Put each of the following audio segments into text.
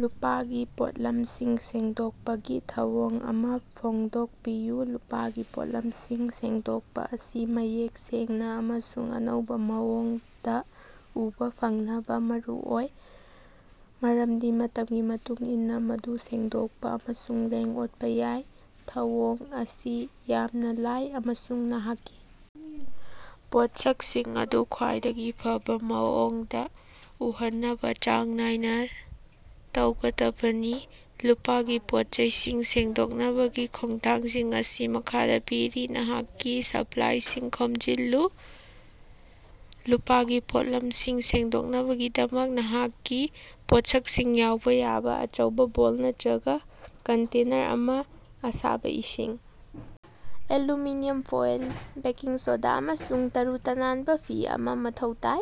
ꯂꯨꯄꯥꯒꯤ ꯄꯣꯠꯂꯝꯁꯤꯡ ꯁꯦꯡꯗꯣꯛꯄꯒꯤ ꯊꯧꯑꯣꯡ ꯑꯃꯥ ꯐꯣꯡꯗꯣꯛꯄꯤꯌꯨ꯫ ꯂꯨꯄꯥꯒꯤ ꯄꯣꯠꯂꯝꯁꯤꯡ ꯁꯦꯡꯗꯣꯛꯄ ꯑꯁꯤ ꯃꯌꯦꯛ ꯁꯦꯡꯅ ꯑꯃꯁꯨꯡ ꯑꯅꯧꯕ ꯃꯑꯣꯡꯗ ꯎꯕ ꯐꯪꯅꯕ ꯃꯔꯨꯑꯣꯏ, ꯃꯔꯝꯗꯤ ꯃꯇꯝꯒꯤ ꯃꯇꯨꯡ ꯏꯟꯅ ꯃꯗꯨ ꯁꯦꯡꯗꯣꯛꯄ ꯑꯃꯁꯨꯡ ꯂꯦꯡ-ꯑꯣꯠꯄ ꯌꯥꯏ꯫ ꯊꯧꯑꯣꯡ ꯑꯁꯤ ꯌꯥꯝꯅ ꯂꯥꯏ ꯑꯃꯁꯨꯡ ꯅꯍꯥꯛꯀꯤ ꯄꯣꯠꯁꯛꯁꯤꯡ ꯑꯗꯨ ꯈ꯭ꯋꯥꯏꯗꯒꯤ ꯐꯕ ꯃꯑꯣꯡꯗ ꯎꯍꯟꯅꯕ ꯆꯥꯡ ꯅꯥꯏꯅ ꯇꯧꯒꯗꯕꯅꯤ꯫ ꯂꯨꯄꯥꯒꯤ ꯄꯣꯠꯆꯩꯁꯤꯡ ꯁꯦꯡꯗꯣꯛꯅꯕꯒꯤ ꯈꯣꯡꯊꯥꯡꯁꯤꯡ ꯑꯁꯤ ꯃꯈꯥꯗ ꯄꯤꯔꯤ: ꯅꯍꯥꯛꯀꯤ ꯁꯄ꯭ꯂꯥꯏꯁꯤꯡ ꯈꯣꯝꯖꯤꯜꯂꯨ: ꯂꯨꯄꯥꯒꯤ ꯄꯣꯠꯂꯝꯁꯤꯡ ꯁꯦꯡꯗꯣꯛꯅꯕꯒꯤꯗꯃꯛ ꯅꯍꯥꯛꯀꯤ ꯄꯣꯠꯁꯛꯁꯤꯡ ꯌꯥꯎꯕ ꯌꯥꯕ ꯑꯆꯧꯕ ꯕꯣꯜ ꯅꯠꯇ꯭ꯔꯒ ꯀꯟꯇꯦꯅꯔ ꯑꯃ, ꯑꯁꯥꯕ ꯏꯁꯤꯡ, ꯑꯦꯂꯨꯃꯤꯅꯤꯌꯝ ꯐꯣꯏꯜ, ꯕꯦꯀꯤꯡ ꯁꯣꯗꯥ ꯑꯃꯁꯨꯡ ꯇꯔꯨ-ꯇꯅꯥꯟꯕ ꯐꯤ ꯑꯃ ꯃꯊꯧ ꯇꯥꯏ꯫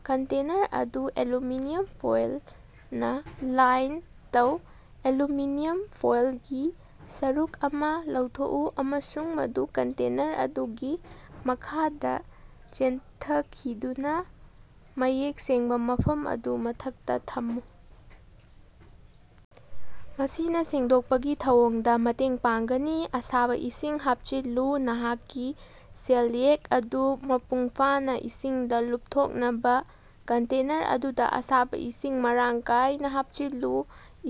ꯀꯟꯇꯦꯅꯔ ꯑꯗꯨ ꯑꯦꯂꯨꯃꯤꯅꯤꯌꯝ ꯐꯣꯏꯜꯅ ꯂꯥꯏꯟ ꯇꯧ: ꯑꯦꯂꯨꯃꯤꯅꯤꯌꯝ ꯐꯣꯏꯜꯒꯤ ꯁꯔꯨꯛ ꯑꯃ ꯂꯧꯊꯣꯛꯎ ꯑꯃꯁꯨꯡ ꯃꯗꯨ ꯀꯟꯇꯦꯅꯔ ꯑꯗꯨꯒꯤ ꯃꯈꯥꯗ ꯆꯦꯟꯊꯈꯤꯗꯨꯅ ꯃꯌꯦꯛ ꯁꯦꯡꯕ ꯃꯐꯝ ꯑꯗꯨ ꯃꯊꯛꯇ ꯊꯝꯃꯨ꯫ ꯃꯁꯤꯅ ꯁꯦꯡꯗꯣꯛꯄꯒꯤ ꯊꯧꯑꯣꯡꯗ ꯃꯇꯦꯡ ꯄꯥꯡꯒꯅꯤ꯫ ꯑꯁꯥꯕ ꯏꯁꯤꯡ ꯍꯥꯞꯆꯤꯜꯂꯨ: ꯅꯍꯥꯛꯀꯤ ꯁꯦꯜꯌꯦꯛ ꯑꯗꯨ ꯃꯄꯨꯡꯐꯥꯅ ꯏꯁꯤꯡꯗ ꯂꯨꯞꯊꯣꯛꯅꯕ ꯀꯟꯇꯦꯅꯔ ꯑꯗꯨꯗ ꯑꯁꯥꯕ ꯏꯁꯤꯡ ꯃꯔꯥꯡ ꯀꯥꯏꯅ ꯍꯥꯞꯆꯤꯜꯂꯨ꯫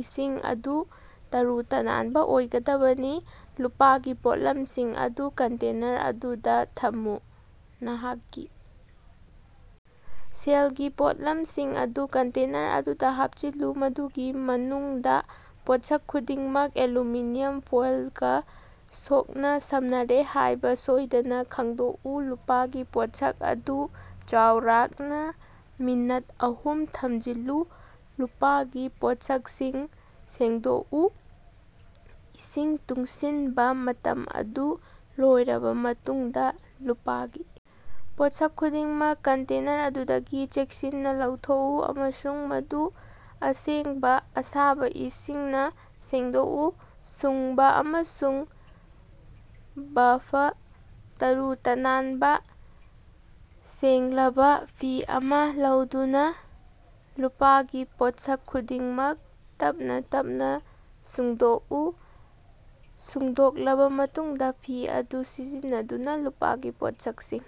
ꯏꯁꯤꯡ ꯑꯗꯨ ꯇꯔꯨ-ꯇꯅꯥꯟꯕ ꯑꯣꯏꯒꯗꯕꯅꯤ ꯫ ꯂꯨꯄꯥꯒꯤ ꯄꯣꯠꯂꯝꯁꯤꯡ ꯑꯗꯨ ꯀꯟꯇꯦꯅꯔ ꯑꯗꯨꯗ ꯊꯝꯃꯨ: ꯅꯍꯥꯛꯀꯤ ꯁꯦꯜꯒꯤ ꯄꯣꯠꯂꯝꯁꯤꯡ ꯑꯗꯨ ꯀꯟꯇꯦꯅꯔ ꯑꯗꯨꯗ ꯍꯥꯞꯆꯤꯜꯂꯨ, ꯃꯗꯨꯒꯤ ꯃꯅꯨꯡꯗ ꯄꯣꯠꯁꯛ ꯈꯨꯗꯤꯡꯃꯛ ꯑꯦꯂꯨꯃꯤꯅꯤꯌꯝ ꯐꯣꯏꯜꯒ ꯁꯣꯛꯅ-ꯁꯝꯅꯔꯦ ꯍꯥꯏꯕ ꯁꯣꯏꯗꯅ ꯈꯪꯗꯣꯛꯎ꯫ ꯂꯨꯄꯥꯒꯤ ꯄꯣꯠꯁꯛ ꯑꯗꯨ ꯆꯥꯎꯔꯥꯛꯅ ꯃꯤꯅꯠ ꯑꯍꯨꯝ ꯊꯝꯖꯤꯜꯂꯨ꯫ ꯂꯨꯄꯥꯒꯤ ꯄꯣꯠꯁꯛꯁꯤꯡ ꯁꯦꯡꯗꯣꯛꯎ: ꯏꯁꯤꯡ ꯇꯨꯡꯁꯤꯟꯕ ꯃꯇꯝ ꯑꯗꯨ ꯂꯣꯏꯔꯕ ꯃꯇꯨꯡꯗ ꯂꯨꯄꯥꯒꯤ ꯄꯣꯠꯁꯛ ꯈꯨꯗꯤꯡꯃꯛ ꯀꯟꯇꯦꯅꯔ ꯑꯗꯨꯗꯒꯤ ꯆꯦꯛꯁꯤꯟꯅ ꯂꯧꯊꯣꯛꯎ ꯑꯃꯁꯨꯡ ꯃꯗꯨ ꯑꯁꯦꯡꯕ ꯑꯁꯥꯕ ꯏꯁꯤꯡꯅ ꯁꯦꯡꯗꯣꯛꯎ꯫ ꯁꯨꯡꯕ ꯑꯃꯁꯨꯡ ꯕꯐ: ꯇꯔꯨ-ꯇꯅꯥꯟꯕ, ꯁꯦꯡꯂꯕꯥ ꯐꯤ ꯑꯃ ꯂꯧꯗꯨꯅ ꯂꯨꯄꯥꯒꯤ ꯄꯣꯠꯁꯛ ꯈꯨꯗꯤꯡꯃꯛ ꯇꯞꯅ ꯇꯞꯅ ꯁꯨꯡꯗꯣꯛꯎ꯫ ꯁꯨꯡꯗꯣꯛꯂꯕ ꯃꯇꯨꯡꯗ ꯐꯤ ꯑꯗꯨ ꯁꯤꯖꯤꯟꯅꯗꯨꯅ ꯂꯨꯄꯥꯒꯤ ꯄꯣꯠꯁꯛꯁꯤꯡ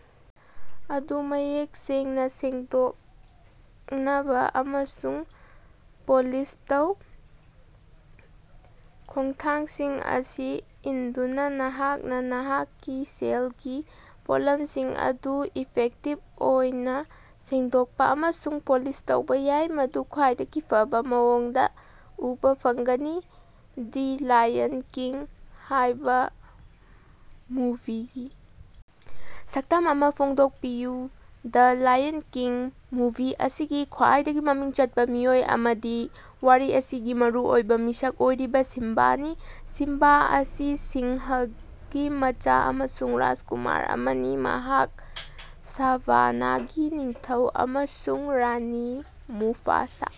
ꯑꯗꯨ ꯃꯌꯦꯛ ꯁꯦꯡꯅ ꯁꯦꯡꯗꯣꯛꯅꯕ ꯑꯃꯁꯨꯡ ꯄꯣꯂꯤꯁ ꯇꯧ꯫ ꯈꯣꯡꯊꯥꯡꯁꯤꯡ ꯑꯁꯤ ꯏꯟꯗꯨꯅ ꯅꯍꯥꯛꯅ ꯅꯍꯥꯛꯀꯤ ꯁꯦꯜꯒꯤ ꯄꯣꯠꯂꯝꯁꯤꯡ ꯑꯗꯨ ꯏꯐꯦꯛꯇꯤꯚ ꯑꯣꯏꯅ ꯁꯦꯡꯗꯣꯛꯄ ꯑꯃꯁꯨꯡ ꯄꯣꯂꯤꯁ ꯇꯧꯕ ꯌꯥꯏ꯫ ꯃꯗꯨ ꯈ꯭ꯋꯥꯏꯗꯒꯤ ꯐꯕ ꯃꯑꯣꯡꯗ ꯎꯕ ꯐꯪꯒꯅꯤ꯫ "ꯗꯤ ꯂꯥꯌꯟ ꯀꯤꯡ" ꯍꯥꯏꯕ ꯃꯨꯚꯤꯒꯤ ꯁꯛꯇꯝ ꯑꯃ ꯐꯣꯡꯗꯣꯛꯄꯤꯌꯨ꯫ ꯗ ꯂꯥꯌꯟ ꯀꯤꯡ ꯃꯨꯚꯤ ꯑꯁꯤꯒꯤ ꯈ꯭ꯋꯥꯏꯗꯒꯤ ꯃꯃꯤꯡ ꯆꯠꯄ ꯃꯤꯑꯣꯏ ꯑꯃꯗꯤ ꯋꯥꯔꯤ ꯑꯁꯤꯒꯤ ꯃꯔꯨ ꯑꯣꯏꯕ ꯃꯤꯁꯛ ꯑꯣꯏꯔꯤꯕ ꯁꯤꯝꯕꯥꯅꯤ꯫ ꯁꯤꯝꯕꯥ ꯑꯁꯤ ꯁꯤꯡꯍꯒꯤ ꯃꯆꯥ ꯑꯃꯁꯨꯡ ꯔꯥꯖꯀꯨꯃꯥꯔ ꯑꯃꯅꯤ꯫ ꯃꯍꯥꯛ ꯁꯥꯚꯥꯅꯥꯒꯤ ꯅꯤꯡꯊꯧ ꯑꯃꯁꯨꯡ ꯔꯥꯅꯤ, ꯃꯨꯐꯥꯁꯥ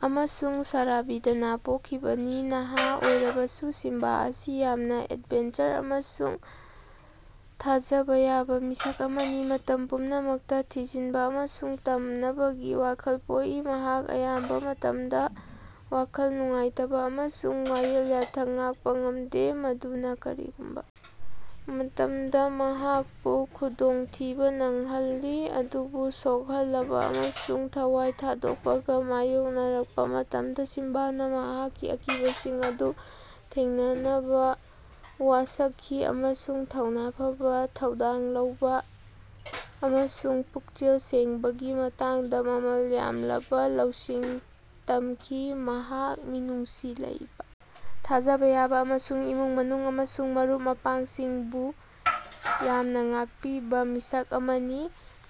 ꯑꯃꯁꯨꯡ ꯁꯥꯔꯥꯕꯤꯗꯅ ꯄꯣꯛꯈꯤꯕꯅꯤ꯫ ꯅꯍꯥ ꯑꯣꯏꯔꯕꯁꯨ, ꯁꯤꯝꯕꯥ ꯑꯁꯤ ꯌꯥꯝꯅ ꯑꯦꯗꯚꯦꯟꯆꯔ ꯑꯃꯁꯨꯡ ꯊꯥꯖꯕ ꯌꯥꯕ ꯃꯤꯁꯛ ꯑꯃꯅꯤ꯫ ꯃꯇꯝ ꯄꯨꯝꯅꯃꯛꯇ ꯊꯤꯖꯤꯟꯕ ꯑꯃꯁꯨꯡ ꯇꯝꯅꯕꯒꯤ ꯋꯥꯈꯜ ꯄꯣꯛꯏ꯫ ꯃꯍꯥꯛ ꯑꯌꯥꯝꯕ ꯃꯇꯃꯗ ꯋꯥꯈꯜ ꯅꯨꯡꯉꯥꯏꯇꯕ ꯑꯃꯁꯨꯡ ꯋꯥꯌꯦꯜ ꯌꯥꯊꯪ ꯉꯥꯛꯄ ꯉꯝꯗꯦ꯫ ꯃꯗꯨꯅ ꯀꯔꯤꯒꯨꯝꯕ ꯃꯇꯝꯗ ꯃꯍꯥꯛꯄꯨ ꯈꯨꯗꯣꯡꯊꯤꯕ ꯅꯪꯍꯜꯂꯤ꯫ ꯑꯗꯨꯕꯨ ꯁꯣꯛꯍꯜꯂꯕ ꯑꯃꯁꯨꯡ ꯊꯋꯥꯏ ꯊꯥꯗꯣꯛꯄꯒ ꯃꯥꯌꯣꯛꯅꯔꯛꯄ ꯃꯇꯝꯗ ꯁꯤꯝꯕꯥꯅ ꯃꯍꯥꯛꯀꯤ ꯑꯀꯤꯕꯁꯤꯡ ꯑꯗꯨ ꯊꯦꯡꯅꯅꯕ ꯋꯥꯁꯛꯈꯤ ꯑꯃꯁꯨꯡ ꯊꯧꯅꯥ ꯐꯕ, ꯊꯧꯗꯥꯡ ꯂꯧꯕ ꯑꯃꯁꯨꯡ ꯄꯨꯛꯆꯦꯜ ꯁꯦꯡꯕꯒꯤ ꯃꯇꯥꯡꯗ ꯃꯃꯜ ꯌꯥꯝꯂꯕ ꯂꯧꯁꯤꯡ ꯇꯝꯈꯤ꯫ ꯃꯍꯥꯛ ꯃꯤꯅꯨꯡꯁꯤ ꯂꯩꯕ, ꯊꯥꯖꯕ ꯌꯥꯕ ꯑꯃꯁꯨꯡ ꯏꯃꯨꯡ ꯃꯅꯨꯡ ꯑꯃꯁꯨꯡ ꯃꯔꯨꯞ ꯃꯄꯥꯡꯁꯤꯡꯕꯨ ꯌꯥꯝꯅ ꯉꯥꯛꯄꯤꯕ ꯃꯤꯁꯛ ꯑꯃꯅꯤ꯫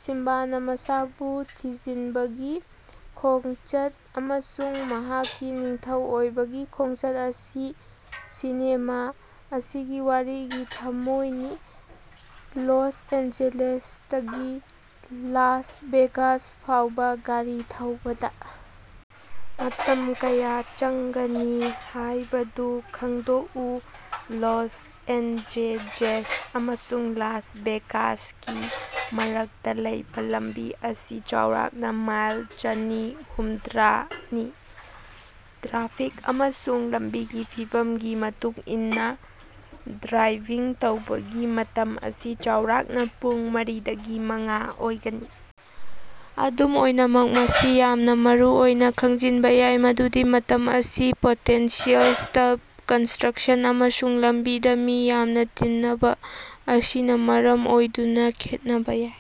ꯁꯤꯝꯕꯥꯅ ꯃꯁꯥꯕꯨ ꯊꯤꯖꯤꯟꯕꯒꯤ ꯈꯣꯡꯆꯠ ꯑꯃꯁꯨꯡ ꯃꯍꯥꯛꯀꯤ ꯅꯤꯡꯊꯧ ꯑꯣꯏꯕꯒꯤ ꯈꯣꯡꯆꯠ ꯑꯁꯤ ꯁꯤꯅꯦꯃꯥ ꯑꯁꯤꯒꯤ ꯋꯥꯔꯤꯒꯤ ꯊꯃꯣꯏꯅꯤ꯫ ꯂꯣꯁ ꯑꯦꯟꯖꯦꯂꯦꯁꯇꯒꯤ ꯂꯥꯁ ꯚꯦꯒꯥꯁ ꯐꯥꯎꯕ ꯒꯥꯔꯤ ꯊꯧꯕꯗ ꯃꯇꯝ ꯀꯌꯥ ꯆꯪꯒꯅꯤ ꯍꯥꯌꯕꯗꯨ ꯈꯪꯗꯣꯛꯎ꯫ ꯂꯣꯁ ꯑꯦꯟꯖꯦꯖꯦꯁ ꯑꯃꯁꯨꯡ ꯂꯥꯁ ꯚꯦꯒꯥꯁꯀꯤ ꯃꯔꯛꯇ ꯂꯩꯕ ꯂꯝꯕꯤ ꯑꯁꯤ ꯆꯥꯎꯔꯥꯛꯅ ꯃꯥꯏꯜ ꯆꯅꯤ ꯍꯨꯝꯗ꯭ꯔꯥꯅꯤ꯫ ꯇ꯭ꯔꯥꯐꯤꯛ ꯑꯃꯁꯨꯡ ꯂꯝꯕꯤꯒꯤ ꯐꯤꯚꯝꯒꯤ ꯃꯇꯨꯡ ꯏꯟꯅ ꯗ꯭ꯔꯥꯏꯚꯤꯡ ꯇꯧꯕꯒꯤ ꯃꯇꯝ ꯑꯁꯤ ꯆꯥꯎꯔꯥꯛꯅ ꯄꯨꯡ ꯃꯔꯤꯗꯒꯤ ꯃꯉꯥ ꯑꯣꯏꯒꯅꯤ꯫ ꯑꯗꯨꯝ ꯑꯣꯏꯅꯃꯛ ꯃꯁꯤ ꯌꯥꯝꯅ ꯃꯔꯨꯑꯣꯏꯅ ꯈꯪꯖꯤꯟꯕ ꯌꯥꯏ ꯃꯗꯨꯗꯤ ꯃꯇꯝ ꯑꯁꯤ ꯄꯣꯇꯦꯟꯁꯤꯌꯦꯜ ꯁ꯭ꯇꯞ, ꯀꯟꯁꯇ꯭ꯔꯛꯁꯟ ꯑꯃꯁꯨꯡ ꯂꯝꯕꯤꯗ ꯃꯤ ꯌꯥꯝꯅ ꯇꯤꯟꯅꯕ ꯑꯁꯤꯅ ꯃꯔꯝ ꯑꯣꯏꯗꯨꯅ ꯈꯦꯠꯅꯕ ꯌꯥꯏ꯫